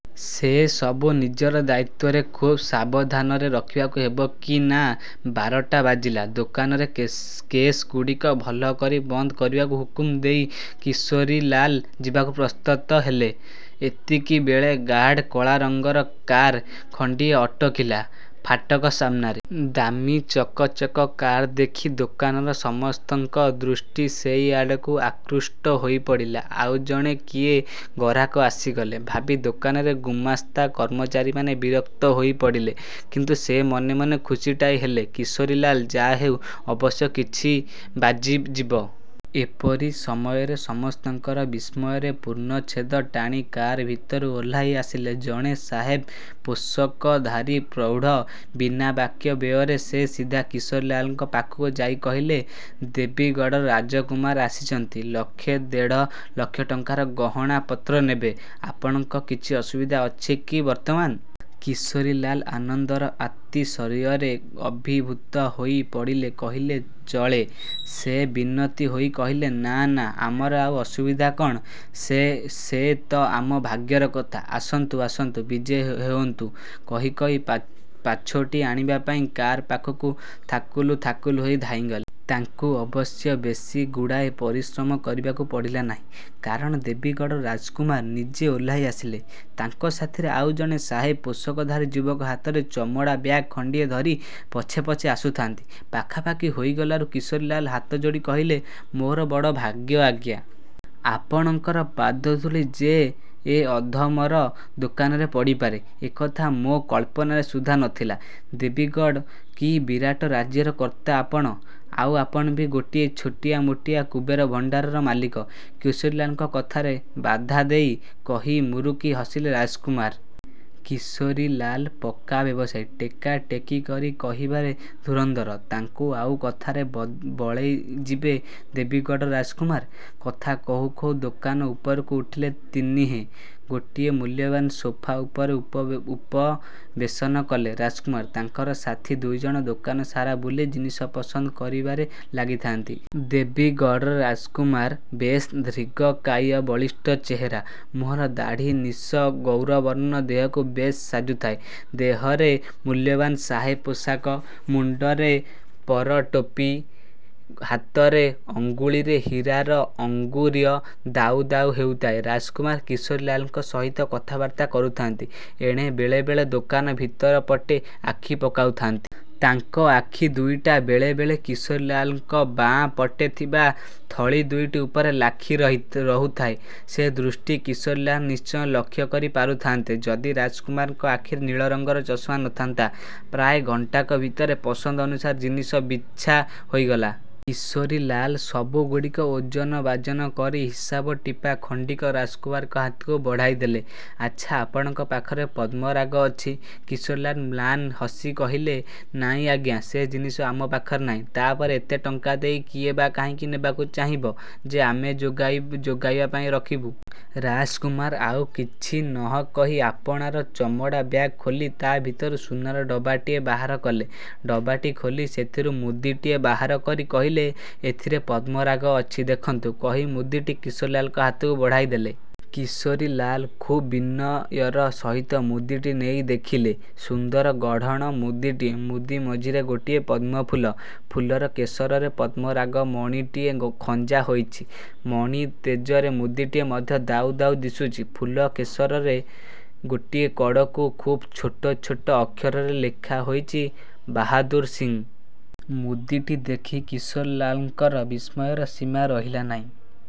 ସେ ସବୁ ନିଜର ଦାୟିତ୍ୱରେ ଖୁବ୍ ସାବଧାନରେ ରଖିବାକୁ ହେବ କି ନା! ବାରଟା ବାଜିଲା। ଦୋକାନର କେଶ୍ ଗୁଡ଼ିକ ଭଲ କରି ବନ୍ଦ କରିବାକୁ ହୁକୁମ ଦେଇ କିଶୋରୀଲାଲ ଯିବାକୁ ପ୍ରସ୍ତତ ହେଲେ। ଠିକ୍ ଏତିକିବେଳେ ଗାଢ଼ କଳାରଙ୍ଗର କାର୍ ଖଣ୍ଡିଏ ଅଟକିଲା ଫାଟକ ସାମ୍ନାରେ। ଦାମୀ ଚକ୍ ଚକ୍ କାର୍ ଦେଖି ଦୋକାନର ସମସ୍ତଙ୍କ ଦୃଷ୍ଟି ସେଇ ଆଡ଼କୁ ଆକୃଷ୍ଟ ହୋଇ ପଡ଼ିଲା। ଆଉ ଜଣେ କିଏ ଗରାଖ ଆସିଗଲେ ଭାବି ଦୋକାନର ଗୁମାସ୍ତା କର୍ମଚାରୀମାନେ ବିରକ୍ତ ହୋଇ ପଡ଼ିଲେ। କିନ୍ତୁ ମନେ ମନେ ଖୁସିଟାଏ ହେଲେ କିଶୋରୀଲାଲ। ଯାହା ହେଉ ଅବଶ୍ୟ କିଛି ବାଜିଯିବ। ଏପରି ସମୟରେ ସମସ୍ତଙ୍କର ବିସ୍ମୟରେ ପୂର୍ଣ୍ଣଚ୍ଛେଦ ଟାଣି କାର୍ ଭିତରୁ ଓହ୍ଲାଇ ଆସିଲେ ଜଣେ ସାହେବ ପୋଷାକଧାରୀ ପ୍ରୌଢ଼। ବିନା ବାକ୍ୟ ବ୍ୟୟରେ ସେ ସିଧା କିଶୋରୀଲାଲଙ୍କ ପାଖକୁ ଯାଇ କହିଲେ-''ଦେବୀଗଡ଼ର ରାଜକୁମାର ଆସିଛନ୍ତି। ଲକ୍ଷେ ଦେଢ଼ ଲକ୍ଷ ଟଙ୍କାର ଗହଣା ପତ୍ର ନେବେ। ଆପଣଙ୍କର କିଛି ଅସୁବିଧା ଅଛି କି ବର୍ତ୍ତମାନ? '' କିଶୋରୀଲାଲ ଆନନ୍ଦର ଆତିଶଯ୍ୟାରେ ଅଭିଭୂତ ହୋଇ ପଡ଼ିଲେ କହିଲେ ଚଳେ। ସେ ବିନୀତ ହୋଇ କହିଲେ-''ନା ନା, ଆମର ଆଉ ଅସୁବିଧା କ'ଣ? ସେ ତ ଆମ ଭାଗ୍ୟର କଥା। '' ''ଆସନ୍ତୁ, ଆସନ୍ତୁ, ବିଜେ ହେଉନ୍ତୁ''-କହି କହି ପାଛୋଟି ଆଣିବା ପାଇଁ କାର୍ ପାଖକୁ ଥାକୁଲୁ ଥାକୁଲୁ ହୋଇ ଧାଇଁଗଲେ। ତାଙ୍କୁ ଅବଶ୍ୟ ବେଶୀ ଗୁଡ଼ାଏ ପରିଶ୍ରମ କରିବାକୁ ପଡ଼ିଲା ନାହିଁ। କାରଣ ଦେବୀଗଡ଼ର ରାଜକୁମାର ନିଜେ ଓହ୍ଲାଇ ଆସିଲେ। ତାଙ୍କ ସାଥିରେ ଆଉ ଜଣେ ସାହେବ ପୋଷାକଧାରୀ ଯୁବକ ହାତରେ ଚମଡ଼ା ବ୍ୟାଗ୍ ଖଣ୍ଡିଏ ଧରି ପଛେ ପଛେ ଆସୁଥାନ୍ତି। ପାଖାପାଖି ହୋଇଗଲାରୁ କିଶୋରୀଲାଲ ହାତଯୋଡ଼ି କହିଲେ-''ମୋର ବଡ଼ ଭାଗ୍ୟ ଆଜ୍ଞା! ଆପଣଙ୍କର ପାଦଧୂଳି ଯେ ଏ ଅଧମର ଦୋକାନରେ ପଡ଼ିପାରେ, ଏକଥା ମୋ କଳ୍ପନାରେ ସୁଦ୍ଧା ନ ଥିଲା। ଦେବୀଗଡ଼! କି ବିରାଟରାଜ୍ୟର କର୍ତ୍ତା ଆପଣ। '' ''ଆଉ ଆପଣ ବି ଗୋଟିଏ ଛୋଟିଆ ମୋଟିଆ କୁବେର ଭଣ୍ଡାରର ମାଲିକ'' କିଶୋରୀଲାଲଙ୍କ କଥାରେ ବାଧାଦେଇ କହି ମୁରୁକି ହସିଲେ ରାଜକୁମାର। କିଶୋରୀଲାଲ ପକ୍କା ବ୍ୟବସାୟୀ। ଟେକା ଟେକି କରି କହିବାରେ ଧୂରନ୍ଧର। ତାଙ୍କୁ ଆଉ କଥାରେ ବଳେଇଯିବେ ଦେବୀଗଡ଼ର ରାଜକୁମାର? କଥା କହୁ କହୁ ଦୋକାନ ଉପରକୁ ଉଠିଲେ ତିନିହେଁ। ଗୋଟିଏ ମୂଲ୍ୟବାନ ସୋଫା ଉପରେ ଉପବେଶନ କଲେ ରାଜକୁମାର। ତାଙ୍କର ସାଥି ଦୁଇଜଣ ଦୋକାନ ସାରା ବୁଲି ଜିନିଷ ପସନ୍ଦ କରିବାରେ ଲାଗିଥାନ୍ତି। ଦେବୀଗଡ଼ର ରାଜକୁମାର। ବେଶ୍ ଦୀର୍ଘକାୟ ବଳିଷ୍ଠ ଚେହେରା। ମୁହଁର ଦାଢ଼ି ନିଶ ଗୌରବର୍ଣ୍ଣ ଦେହକୁ ବେଶ୍ ସାଜୁଥାଏ। ଦେହରେ ମୂଲ୍ୟବାନ ସାହେବୀ ପୋଷାକ। ମୁଣ୍ଡରେ ପର ଟୋପି।। ହାତର ଅଙ୍ଗୁଳିରେ ହୀରାର ଅଙ୍ଗୁରୀୟ ଦାଉ ଦାଉ ହେଉଥାଏ। ରାଜକୁମାର କିଶୋରୀଲାଲଙ୍କ ସହିତ କଥାବାର୍ତ୍ତା କରୁଥାନ୍ତି। ଏଣେ ବେଳେ ବେଳେ ଦୋକାନ ଭିତରପଟେ ଆଖି ପକାଉଥାନ୍ତି। ତାଙ୍କ ଆଖି ଦୁଇଟା ବେଳେ ବେଳେ କିଶୋରୀଲାଲଙ୍କ ବାଁ ପଟେ ଥିବା ଥଳି ଦୁଇଟି ଉପରେ ଲାଖି ରହୁଥାଏ। ସେ ଦୃଷ୍ଟି କିଶୋରୀଲାଲ ନିଶ୍ଚୟ ଲକ୍ଷ୍ୟ କରି ପାରୁଥାନ୍ତେ, ଯଦି ରାଜକୁମାରଙ୍କ ଆଖିରେ ନୀଳରଙ୍ଗର ଚଷମା ନ ଥାନ୍ତା। ପ୍ରାୟ ଘଣ୍ଟାକ ଭିତରେ ପସନ୍ଦ ଅନୁସାରେ ଜିନିଷ ବିଛା ହୋଇଗଲା। କିଶୋରୀଲାଲ ସବୁ ଗୁଡ଼ିକ ଓଜନ ବାଜନ କରି ହିସାବ ଟିପା ଖଣ୍ଡିକ ରାଜକୁମାରଙ୍କ ହାତକୁ ବଢ଼ାଇ ଦେଲେ। ଆଚ୍ଛା, ଆପଣଙ୍କ ପାଖରେ ପଦ୍ମରାଗ ଅଛି? '' କିଶୋରୀଲାଲ ମ୍ଳାନ ହସି କହିଲେ-''ନାଇଁ ଆଜ୍ଞା! ସେ ଜିନିଷ ଆମ ପାଖରେ ନାହିଁ-। ତା'ପରେ ଏତେ ଟଙ୍କା ଦେଇ କିଏ ବା କାହିଁକି ନେବାକୁ ଚାହିଁବ ଯେ, ଆମେ ଯୋଗାଇବା ପାଇଁ ରଖିବୁ। '' ରାଜକୁମାର ଆଉ କିଛି ନ କହି ଆପଣାର ଚମଡ଼ା ବ୍ୟାଗ୍ ଖୋଲି ତା' ଭିତର ସୁନାର ଡବାଟିଏ ବାହାର କଲେ। ଡବାଟି ଖୋଲି ସେଥିରୁ ମୁଦିଟିଏ ବାହାର କରି କହିଲେ-''ଏଥିରେ ପଦ୍ମରାଗ ଅଛି ଦେଖନ୍ତୁ। '' କହି ମୁଦିଟି କିଶୋରୀଲାଲଙ୍କ ହାତକୁ ବଢ଼ାଇ ଦେଲେ। କିଶୋରୀଲାଲ ଖୁବ୍ ବିନୟର ସହିତ ମୁଦିଟି ନେଇ ଦେଖିଲେ। ସୁନ୍ଦର ଗଢ଼ଣ ମୁଦିଟିର। ମୁଦି ମଝିରେ ଗୋଟିଏ ପଦ୍ମଫୁଲ। ଫୁଲର କେଶରରେ ପଦ୍ମରାଗ ମଣିଟିଏ ଖଞ୍ଜା ହୋଇଛି। ମଣି ତେଜରେ ମୁଦିଟି ମଧ୍ୟ ଦାଉ ଦାଉ ଦିଶୁଛି। ଫୁଲ କେଶରରେ ଗୋଟିଏ କଡ଼କୁ ଖୁବ୍ ଛୋଟ ଛୋଟ ଅକ୍ଷରରେ ଲେଖା ହୋଇଛି-''ବାହାଦୂର ସିଂ। '' ମୁଦିଟି ଦେଖି କିଶୋରୀଲାଲଙ୍କର ବିସ୍ମୟର ସୀମା ରହିଲା ନାହିଁ।